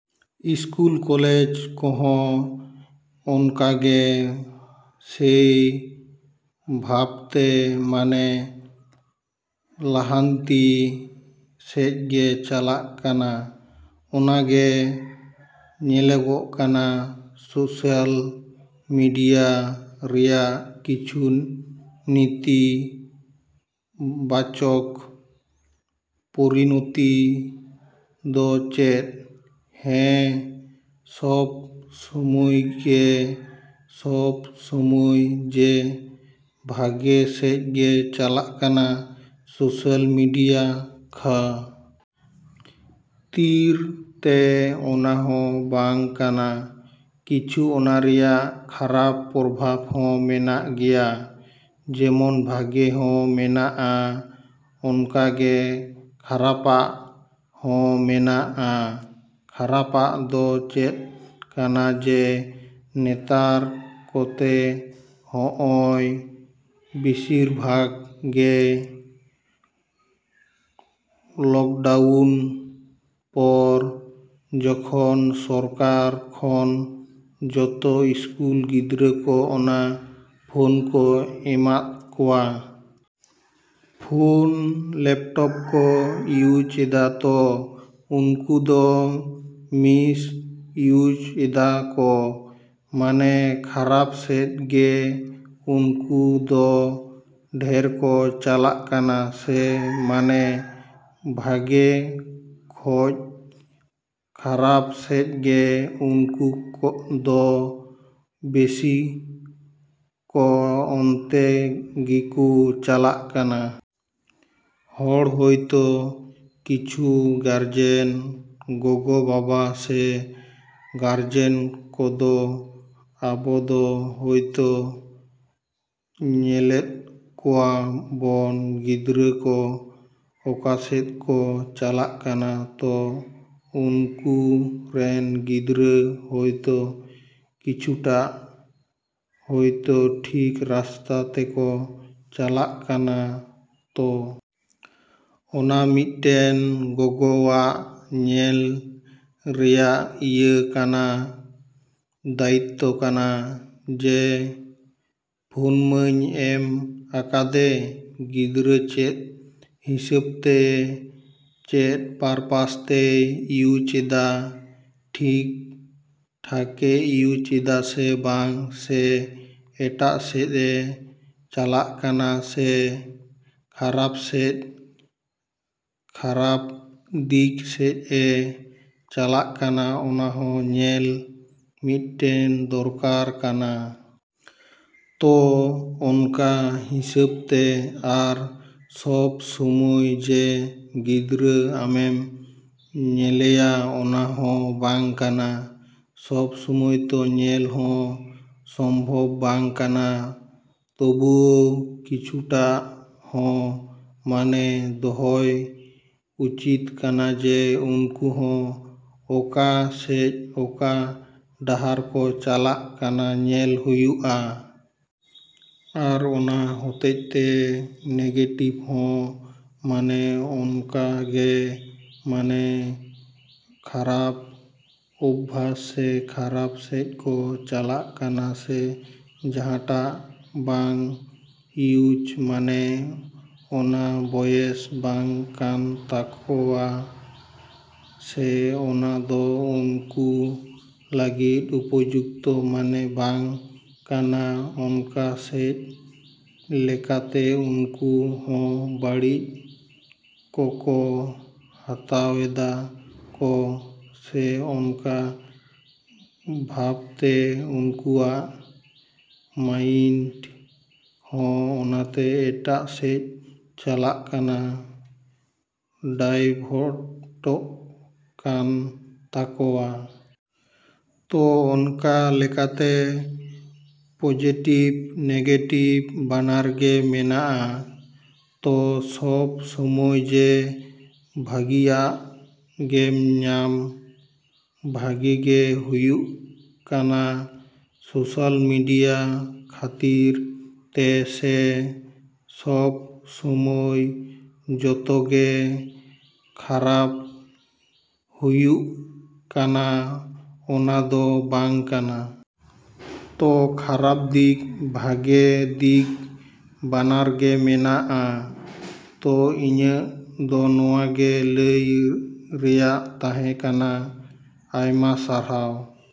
School college ᱠᱚᱦᱚᱸ ᱚᱱᱠᱟᱜᱮ ᱥᱮᱭ ᱵᱷᱟᱵᱽ ᱛᱮ ᱢᱟᱱᱮ ᱞᱟᱦᱟᱱᱛᱤ ᱥᱮᱡ ᱜᱮ ᱪᱟᱞᱟᱜ ᱠᱟᱱᱟ ᱚᱱᱟ ᱜᱮ ᱧᱮᱞᱚᱜᱚᱜ ᱠᱟᱱᱟ᱾ ᱥᱳᱥᱟᱞ ᱢᱤᱰᱤᱭᱟ ᱨᱮᱭᱟᱜ ᱠᱤᱪᱷᱩ ᱱᱤᱛᱤ ᱵᱟᱪᱚᱠ ᱯᱚᱨᱤᱱᱚᱛᱤ ᱫᱚ ᱪᱮᱫ? ᱦᱮᱸ ᱥᱚᱵᱽ ᱥᱚᱢᱚᱭᱜᱮ ᱥᱚᱵᱽ ᱥᱚᱢᱚᱭ ᱡᱮ ᱵᱷᱟᱜᱮ ᱥᱮᱡ ᱜᱮ ᱪᱟᱞᱟᱜ ᱠᱟᱱᱟ ᱥᱳᱥᱟᱞ ᱢᱮᱰᱤᱭᱟ ᱠᱷᱟ. ᱛᱤᱨ ᱛᱮ ᱚᱱᱟ ᱦᱚᱸ ᱵᱟᱝ ᱠᱟᱱᱟ᱾ ᱠᱤᱪᱷᱩ ᱚᱱᱟ ᱨᱮᱱᱟᱜ ᱠᱷᱟᱨᱟᱯ ᱯᱚᱨᱵᱷᱟᱵᱽ ᱦᱚᱸ ᱢᱮᱱᱟᱜ ᱜᱮᱭᱟ ᱡᱮᱢᱚᱱ ᱵᱷᱟᱜᱮ ᱦᱚᱸ ᱢᱮᱱᱟᱜᱼᱟ ᱚᱱᱠᱟ ᱜᱮ ᱠᱷᱟᱨᱟᱯᱟᱜ ᱦᱚᱸ ᱢᱮᱱᱟᱜᱼᱟ᱾ ᱠᱷᱟᱨᱟᱯᱟᱜ ᱫᱚ ᱪᱮᱫ ᱠᱟᱱᱟ ᱡᱮ ᱱᱮᱛᱟᱨ ᱠᱚᱛᱮ ᱦᱚᱜᱼᱚᱭ ᱵᱤᱥᱤᱨ ᱵᱷᱟᱜᱽ ᱜᱮ ᱞᱚᱠᱰᱟᱣᱩᱱ ᱯᱚᱨ ᱡᱚᱠᱷᱚᱱ ᱥᱚᱨᱠᱟᱨ ᱠᱷᱚᱱ ᱡᱚᱛᱚ ᱤᱥᱠᱩᱞ ᱜᱤᱫᱽᱨᱟᱹ ᱠᱚ ᱚᱱᱟ ᱯᱷᱳᱱ ᱠᱚ ᱮᱢᱟᱫ ᱠᱚᱣᱟ ᱾ ᱯᱷᱳᱱ ᱞᱮᱯᱴᱳᱯ ᱠᱚ ᱤᱭᱩᱡᱽ ᱮᱫᱟ ᱛᱚ ᱩᱱᱠᱩ ᱫᱚ ᱢᱤᱥ ᱤᱭᱩᱡᱽ ᱮᱫᱟ ᱠᱚ ᱢᱟᱱᱮ ᱠᱷᱟᱨᱟᱯ ᱥᱮᱡ ᱜᱮ ᱩᱱᱠᱩ ᱫᱚ ᱰᱷᱮᱨ ᱠᱚ ᱪᱟᱞᱟᱜ ᱠᱟᱱᱟ ᱥᱮ ᱢᱟᱱᱮ ᱵᱷᱟᱜᱮ ᱠᱷᱚᱡ ᱠᱷᱟᱨᱟᱯ ᱥᱮᱡ ᱜᱮ ᱩᱱᱠᱩ ᱫᱚ ᱵᱮᱥᱤ ᱠᱚ ᱚᱱᱛᱮ ᱜᱤᱠᱩ ᱪᱟᱞᱟᱜ ᱠᱟᱱᱟ᱾ ᱦᱚᱲ ᱦᱳᱭᱛᱳ ᱠᱤᱪᱷᱩ ᱜᱟᱨᱡᱮᱱ ᱜᱚᱜᱚ-ᱵᱟᱵᱟ ᱥᱮ ᱜᱟᱨᱡᱮᱱ ᱠᱚᱫᱚ ᱟᱵᱚ ᱫᱚ ᱦᱳᱭᱛᱳ ᱧᱮᱞᱮᱫ ᱠᱚᱣᱟ ᱵᱚᱱ ᱜᱤᱫᱽᱨᱟᱹ ᱠᱚ ᱚᱠᱟᱥᱮᱫ ᱠᱚ ᱪᱟᱞᱟᱜ ᱠᱟᱱᱟ ᱛᱚ ᱩᱱᱠᱩ ᱨᱮᱱ ᱜᱤᱫᱽᱨᱟᱹ ᱦᱳᱭᱛᱳ ᱠᱤᱪᱷᱩᱴᱟ ᱦᱳᱭᱛᱳ ᱴᱷᱤᱠ ᱨᱟᱥᱛᱟ ᱛᱮᱠᱚ ᱪᱟᱞᱟᱜ ᱠᱟᱱᱟ᱾ ᱛᱚ ᱚᱱᱟ ᱢᱤᱫᱴᱮᱱ ᱜᱚᱜᱚᱣᱟᱜ ᱧᱮᱞ ᱨᱮᱱᱟᱜ ᱤᱭᱟᱹ ᱠᱟᱱᱟ ᱫᱟᱭᱤᱛᱚ ᱠᱟᱱᱟ ᱡᱮ ᱯᱷᱳᱱᱢᱟᱹᱧ ᱮᱢ ᱟᱠᱟᱫᱮ ᱜᱤᱫᱽᱨᱟᱹ ᱪᱮᱫ ᱦᱤᱥᱟᱹᱵᱽᱛᱮ ᱪᱮᱫ ᱯᱟᱨᱯᱟᱥ ᱛᱮᱭ ᱤᱭᱩᱡᱽ ᱮᱫᱟ ᱴᱷᱤᱠ ᱴᱷᱟᱠᱮ ᱤᱭᱩᱡᱽ ᱮᱫᱟ ᱥᱮ ᱵᱟᱝ ᱥᱮ ᱮᱴᱟᱜ ᱥᱮᱫ ᱮ ᱪᱟᱞᱟᱜ ᱠᱟᱱᱟ ᱥᱮ ᱠᱷᱟᱨᱟᱯ ᱥᱮᱫ ᱠᱷᱟᱨᱟᱯ ᱫᱤᱠ ᱥᱮᱡ ᱮ ᱪᱟᱞᱟᱜ ᱠᱟᱱᱟ ᱚᱱᱟ ᱦᱚᱸ ᱧᱮᱞ ᱢᱤᱫᱴᱮᱱ ᱫᱚᱨᱠᱟᱨ ᱠᱟᱱᱟ᱾ ᱛᱚ ᱚᱱᱠᱟ ᱦᱤᱥᱟᱹᱵᱽ ᱛᱮ ᱟᱨ ᱥᱚᱵᱽ ᱥᱚᱢᱚᱭ ᱡᱮ ᱜᱤᱫᱽᱨᱟᱹ ᱟᱢᱮᱢ ᱧᱮᱞᱮᱭᱟ ᱚᱱᱟ ᱦᱚᱸ ᱵᱟᱝ ᱠᱟᱱᱟ ᱥᱚᱵᱽ ᱥᱚᱢᱚᱭ ᱛᱚ ᱧᱮᱞ ᱦᱚᱸ ᱥᱚᱢᱵᱷᱚᱵᱽ ᱵᱟᱝ ᱠᱟᱱᱟ ᱛᱚᱵᱩᱣᱳ ᱠᱤᱪᱷᱩᱴᱟ ᱦᱚᱸ ᱢᱟᱱᱮ ᱫᱚᱦᱚᱭ ᱩᱪᱤᱛ ᱠᱟᱱᱟ ᱡᱮ ᱩᱱᱠᱩ ᱦᱚᱸ ᱚᱠᱟ ᱥᱮᱡ ᱚᱠᱟ ᱰᱟᱦᱟᱨ ᱠᱚ ᱪᱟᱞᱟᱜ ᱠᱟᱱᱟ ᱧᱮᱞ ᱦᱩᱭᱩᱜᱼᱟ᱾ ᱟᱨ ᱚᱱᱟ ᱦᱚᱛᱮᱛᱮ ᱱᱮᱜᱮᱴᱤᱵᱽ ᱦᱚᱸ ᱢᱟᱱᱮ ᱚᱱᱠᱟ ᱜᱮ ᱢᱟᱱᱮ ᱠᱷᱟᱨᱟᱯ ᱚᱵᱵᱷᱟᱥ ᱥᱮ ᱠᱷᱟᱨᱟᱯ ᱥᱮᱡ ᱠᱚ ᱪᱟᱞᱟᱜ ᱠᱟᱱᱟ ᱥᱮ ᱡᱟᱦᱟᱸᱴᱟᱜ ᱵᱟᱝ ᱤᱭᱩᱡᱽ ᱢᱟᱱᱮ ᱚᱱᱟ ᱵᱚᱭᱮᱥ ᱵᱟᱝ ᱠᱟᱱ ᱛᱟᱠᱚᱭᱟ ᱥᱮ ᱚᱱᱟ ᱫᱚ ᱩᱱᱠᱩ ᱞᱟᱹᱜᱤᱫ ᱩᱯᱚᱡᱩᱠᱛᱚ ᱢᱟᱱᱮ ᱵᱟᱝ ᱠᱟᱱᱟ ᱚᱱᱠᱟ ᱥᱮᱫ ᱞᱮᱠᱟᱛᱮ ᱩᱱᱠᱩ ᱦᱚᱸ ᱵᱟᱲᱤᱡ ᱠᱚᱠᱚ ᱦᱟᱛᱟᱣ ᱮᱫᱟ ᱠᱚ ᱥᱮ ᱚᱱᱠᱟ ᱵᱷᱟᱵᱽ ᱛᱮ ᱩᱱᱠᱩᱣᱟᱜ ᱢᱟᱭᱤᱱᱰ ᱦᱚᱸ ᱚᱱᱛᱮ ᱮᱴᱟᱜ ᱥᱮᱡ ᱪᱟᱞᱟᱜ ᱠᱟᱱᱟ ᱰᱟᱭᱵᱷᱟᱴᱚᱜ ᱠᱟᱱ ᱛᱟᱠᱚᱣᱟ᱾ ᱛᱚ ᱚᱱᱠᱟ ᱞᱮᱠᱟᱛᱮ ᱯᱳᱡᱮᱴᱤᱵᱽ ᱱᱮᱜᱮᱴᱤᱵ ᱵᱟᱱᱟᱨ ᱜᱮ ᱢᱮᱱᱟᱜᱼᱟ᱾ ᱛᱚ ᱥᱚᱵᱽ ᱥᱚᱢᱚᱭ ᱡᱮ ᱵᱷᱟᱜᱮᱭᱟᱜ ᱜᱮᱢ ᱧᱟᱢ᱾ ᱵᱷᱟᱜᱮ ᱜᱮ ᱦᱩᱭᱩᱜ ᱠᱟᱱᱟ ᱥᱳᱥᱟᱞ ᱢᱮᱰᱤᱭᱟ ᱠᱷᱟᱹᱛᱤᱨ ᱛᱮ ᱥᱮ ᱥᱚᱵᱽ ᱥᱚᱢᱚᱭ ᱡᱚᱛᱚ ᱜᱮ ᱠᱷᱟᱨᱟᱯ ᱦᱩᱭᱩᱜ ᱠᱟᱱᱟ ᱚᱱᱟ ᱫᱚ ᱵᱟᱝ ᱠᱟᱱᱟ᱾ ᱛᱚ ᱠᱷᱟᱨᱟᱯ ᱫᱤᱠ ᱵᱷᱟᱜᱮ ᱫᱤᱠ ᱵᱟᱱᱟᱨ ᱜᱮ ᱢᱮᱱᱟᱜᱼᱟ᱾ ᱛᱚ ᱤᱧᱟ. ᱜ ᱫᱚ ᱱᱚᱣᱟ ᱜᱮ ᱞᱟᱹᱭ ᱨᱮᱱᱟᱜ ᱛᱟᱦᱮᱸ ᱠᱟᱱᱟ᱾ ᱟᱭᱢᱟ ᱥᱟᱨᱦᱟᱣ।